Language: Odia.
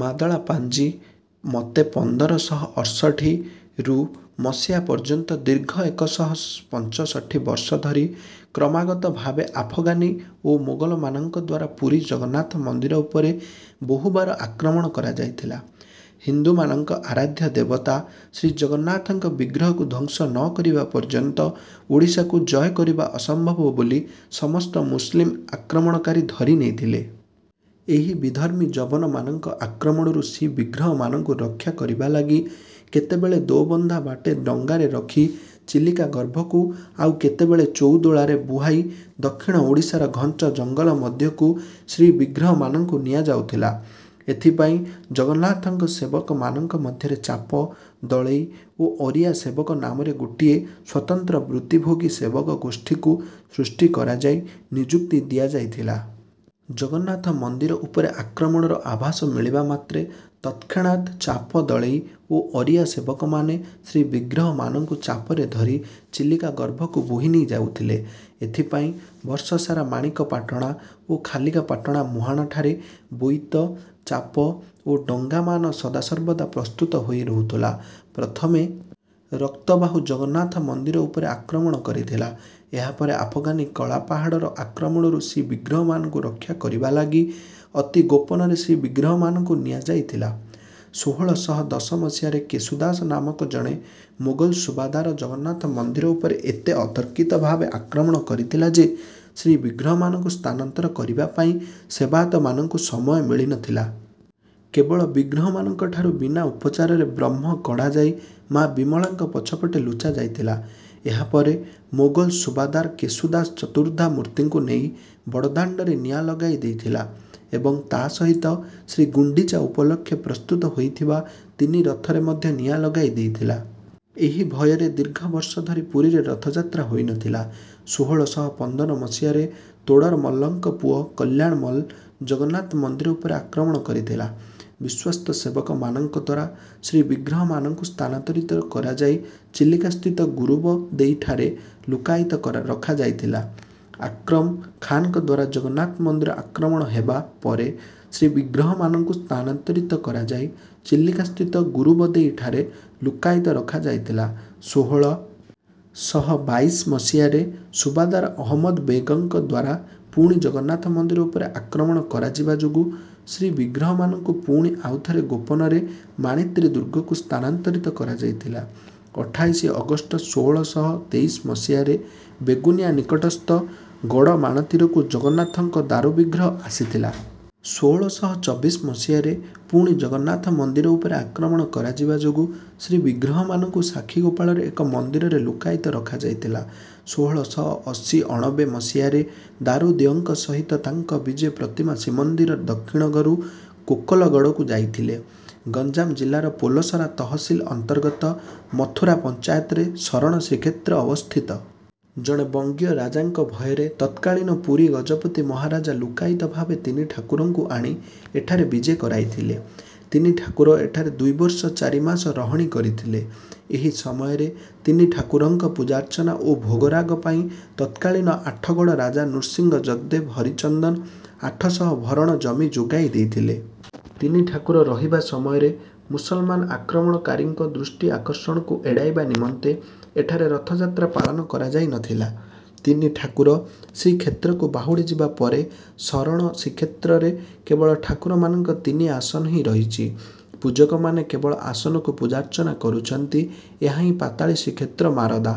ମାଦଳା ପାଞ୍ଜି ମତେ ପନ୍ଦର ଶହ ଅର୍ଷଠି ରୁ ମସିହା ପର୍ଯ୍ୟନ୍ତ ଦୀର୍ଘ ଏକ ଶହ ପଞ୍ଚଷଠି ବର୍ଷ ଧରି କ୍ରମାଗତ ଭାବେ ଆଫଗାନୀ ଓ ମୋଗଲମାନଙ୍କ ଦ୍ୱାରା ପୁରୀ ଜଗନ୍ନାଥ ମନ୍ଦିର ଉପରେ ବହୁବାର ଆକ୍ରମଣ କରାଯାଇଥିଲା। ହିନ୍ଦୁମାନଙ୍କ ଆରାଧ୍ୟ ଦେବତା ଶ୍ରୀଜଗନ୍ନାଥଙ୍କ ବିଗ୍ରହକୁ ଧ୍ୱଂସ ନ କରିବା ପର୍ଯ୍ୟନ୍ତ ଓଡ଼ିଶାକୁ ଜୟ କରିବା ଅସମ୍ଭବ ବୋଲି ସମସ୍ତ ମୁସଲିମ ଆକ୍ରମଣକାରୀ ଧରିନେଇଥିଲେ। ଏହି ବିଧର୍ମୀ ଯବନମାନଙ୍କ ଆକ୍ରମଣରୁ ଶ୍ରୀବିଗ୍ରହମାନଙ୍କୁ ରକ୍ଷା କରିବା ଲାଗି କେତେବେଳେ ଦୋବନ୍ଧା ବାଟେ ଡଙ୍ଗାରେ ରଖି ଚିଲିକା ଗର୍ଭକୁ ଆଉ କେତେବେଳେ ଚଉଦୋଳାରେ ବୁହାଇ ଦକ୍ଷିଣ ଓଡ଼ିଶାର ଘଞ୍ଚ ଜଙ୍ଗଲ ମଧ୍ୟକୁ ଶ୍ରୀବିଗ୍ରହମାନଙ୍କୁ ନିଆଯାଉଥିଲା। ଏଥିପାଇଁ ଜଗନ୍ନାଥଙ୍କ ସେବକମାନଙ୍କ ମଧ୍ୟରେ ଚାପ ଦଳେଇ ଓ ଅରିଆ ସେବକ ନାମରେ ଗୋଟିଏ ସ୍ୱତନ୍ତ୍ର ବୃତ୍ତିଭୋଗୀ ସେବକ ଗୋଷ୍ଠୀକୁ ସୃଷ୍ଟି କରାଯାଇ ନିଯୁକ୍ତି ଦିଆଯାଇଥିଲା। ଜଗନ୍ନାଥ ମନ୍ଦିର ଉପରେ ଆକ୍ରମଣର ଆଭାସ ମିଳିବା ମାତ୍ରେ ତତ୍କ୍ଷଣାତ୍ ଚାପ ଦଳେଇ ଓ ଅରିଆ ସେବକମାନେ ଶ୍ରୀବିଗ୍ରହମାନଙ୍କୁ ଚାପରେ ଧରି ଚିଲିକା ଗର୍ଭକୁ ବୋହି ନେଇଯାଉଥିଲେ। ଏଥିପାଇଁ ବର୍ଷସାରା ମାଣିକପାଟଣା ଓ ଖାଲିକାପାଟଣା ମୁହାଣଠାରେ ବୋଇତ, ଚାପ ଓ ଡଙ୍ଗାମାନ ସଦାସର୍ବଦା ପ୍ରସ୍ତୁତ ହୋଇ ରହୁଥିଲା। ପ୍ରଥମେ ରକ୍ତବାହୁ ଜଗନ୍ନାଥ ମନ୍ଦିର ଉପରେ ଆକ୍ରମଣ କରିଥିଲା। ଏହାପରେ ଆଫଗାନୀ କଳାପାହାଡ଼ର ଆକ୍ରମଣରୁ ଶ୍ରୀବିଗ୍ରହମାନଙ୍କୁ ରକ୍ଷା କରିବା ଲାଗି ଅତି ଗୋପନରେ ଶ୍ରୀବିଗ୍ରହମାନଙ୍କୁ ନିଆଯାଇଥିଲା। ସୋହଳ ଶହ ଦଶ ମସିହାରେ କେଶୁ ଦାସ ନାମକ ଜଣେ ମୋଗଲ ସୁବାଦାର ଜଗନ୍ନାଥ ମନ୍ଦିର ଉପରେ ଏତେ ଅତର୍କିତ ଭାବେ ଆକ୍ରମଣ କରିଥିଲା ଯେ ଶ୍ରୀବିଗ୍ରହମାନଙ୍କୁ ସ୍ଥାନାନ୍ତର କରିବା ପାଇଁ ସେବାୟତମାନଙ୍କୁ ସମୟ ମିଳି ନ ଥିଲା। କେବଳ ବିଗ୍ରହମାନଙ୍କଠାରୁ ବିନା ଉପଚାରରେ ବ୍ରହ୍ମ କଢ଼ାଯାଇ ମା ବିମଳାଙ୍କ ପଛପଟେ ଲୁଚାଯାଇଥିଲା। ଏହାପରେ ମୋଗଲ ସୁବାଦାର କେଶୁ ଦାସ ଚତୁର୍ଦ୍ଧା ମୂର୍ତ୍ତିଙ୍କୁ ନେଇ ବଡ଼ଦାଣ୍ଡରେ ନିଆଁ ଲଗାଇ ଦେଇଥିଲା ଏବଂ ତା ସହିତ ଶ୍ରୀଗୁଣ୍ଡିଚା ଉପଲକ୍ଷେ ପ୍ରସ୍ତୁତ ହୋଇଥିବା ତିନି ରଥରେ ମଧ୍ୟ ନିଆଁ ଲଗାଇ ଦେଇଥିଲା। ଏହି ଭୟରେ ଦୀର୍ଘବର୍ଷ ଧରି ପୁରୀରେ ରଥଯାତ୍ରା ହୋଇନଥିଲା। ସୋହଳ ଶହ ପନ୍ଦର ମସିହାରେ ତୋଡ଼ରମଲ୍ଲଙ୍କ ପୁଅ କଲ୍ୟାଣମଲ୍ଲ ଜଗନ୍ନାଥ ମନ୍ଦିର ଉପରେ ଆକ୍ରମଣ କରିଥିଲା। ବିଶ୍ୱସ୍ତ ସେବକମାନଙ୍କ ଦ୍ୱାରା ଶ୍ରୀବିଗ୍ରହମାନଙ୍କୁ ସ୍ଥାନାନ୍ତରିତ କରାଯାଇ ଚିଲିକାସ୍ଥିତ ଗୁରୁବଦେଇଠାରେ ଲୁକ୍କାୟିତ ରଖାଯାଇଥିଲା। ଆକ୍ରମ ଖାନ୍‌ଙ୍କ ଦ୍ୱାରା ଜଗନ୍ନାଥ ମନ୍ଦିର ଆକ୍ରମଣ ହେବା ପରେ ଶ୍ରୀବିଗ୍ରହମାନଙ୍କୁ ସ୍ଥାନାନ୍ତରିତ କରାଯାଇ ଚିଲିକାସ୍ଥିତ ଗୁରୁବଦେଇଠାରେ ଲୁକ୍କାୟିତ ରଖାଯାଇଥିଲା। ସୋହଳ ଶହ ବାଇଶ ମସିହାରେ ସୁବାଦାର ଅହମଦ ବେଗ୍‌ଙ୍କ ଦ୍ୱାରା ପୁଣି ଜଗନ୍ନାଥ ମନ୍ଦିର ଉପରେ ଆକ୍ରମଣ କରାଯିବା ଯୋଗୁ ଶ୍ରୀବିଗ୍ରହମାନଙ୍କୁ ପୁଣି ଆଉଥରେ ଗୋପନରେ ମାଣିତ୍ରୀ ଦୁର୍ଗକୁ ସ୍ଥାନାନ୍ତରିତ କରାଯାଇଥିଲା। ଅଠାଇଶ ଅଗଷ୍ଟ ସୋହଳ ଶହ ତେଇଶ ମସିହାରେ ବେଗୁନିଆ ନିକଟସ୍ଥ ଗଡ଼ମାଣତୀରକୁ ଜଗନ୍ନାଥଙ୍କ ଦାରୁବିଗ୍ରହ ଆସିଥିଲା। ସୋହଳ ଶହ ଚବିଶ ମସିହା ରେ ପୁଣି ଜଗନ୍ନାଥ ମନ୍ଦିର ଉପରେ ଆକ୍ରମଣ କରାଯିବା ଯୋଗୁ ଶ୍ରୀବିଗ୍ରହମାନଙ୍କୁ ସାକ୍ଷୀଗୋପାଳରେ ଏକ ମନ୍ଦିରରେ ଲୁକ୍କାୟିତ ରଖାଯାଇଥିଲା। ସୋହଳ ଶହ ଅଶୀଅଣବେ ମସିହା ରେ ଦାରୁଦିଅଁଙ୍କ ସହିତ ତାଙ୍କ ବିଜେ ପ୍ରତିମା ଶ୍ରୀମନ୍ଦିର ଦକ୍ଷିଣୀଘରୁ କୋକଲଗଡ଼କୁ ଯାଇଥିଲେ। ଗଞ୍ଜାମ ଜିଲ୍ଲାର ପୋଲସରା ତହସିଲ ଅନ୍ତର୍ଗତ ମଥୁରା ପଞ୍ଚାୟତରେ ଶରଣ ଶ୍ରୀକ୍ଷେତ୍ର ଅବସ୍ଥିତ। ଜଣେ ବଙ୍ଗୀୟ ରାଜାଙ୍କ ଭୟରେ ତତ୍କାଳୀନ ପୁରୀ ଗଜପତି ମହାରାଜା ଲୁକ୍କାୟିତ ଭାବେ ତିନି ଠାକୁରଙ୍କୁ ଆଣି ଏଠାରେ ବିଜେ କରାଇଥିଲେ। ତିନିଠାକୁର ଏଠାରେ ଦୁଇ ବର୍ଷ ଚାରି ମାସ ରହଣି କରିଥିଲେ। ଏହି ସମୟରେ ତିନି ଠାକୁରଙ୍କ ପୂଜାର୍ଚ୍ଚନା ଓ ଭୋଗରାଗ ପାଇଁ ତତ୍କାଳୀନ ଆଠଗଡ଼ ରାଜା ନୃସିଂହ ଜଗଦ୍ଦେବ ହରିଚନ୍ଦନ ଆଠ ଶହ ଭରଣ ଜମି ଯୋଗାଇ ଦେଇଥିଲେ। ତିନି ଠାକୁର ରହିବା ସମୟରେ ମୁସଲମାନ ଆକ୍ରମଣକାରୀଙ୍କ ଦୃଷ୍ଟି ଆକର୍ଷଣକୁ ଏଡ଼ାଇବା ନିମନ୍ତେ ଏଠାରେ ରଥଯାତ୍ରା ପାଳନ କରାଯାଇ ନଥିଲା। ତିନି ଠାକୁର ଶ୍ରୀକ୍ଷେତ୍ରକୁ ବାହୁଡ଼ିଯିବା ପରେ ଶରଣ ଶ୍ରୀକ୍ଷେତ୍ରରେ କେବଳ ଠାକୁରମାନଙ୍କ ତିନି ଆସନ ହିଁ ରହିଛି। ପୂଜକମାନେ କେବଳ ଆସନକୁ ପୂଜାର୍ଚ୍ଚନା କରୁଛନ୍ତି। ଏହାହିଁ ପାତାଳି ଶ୍ରୀକ୍ଷେତ୍ର ମାରଦା।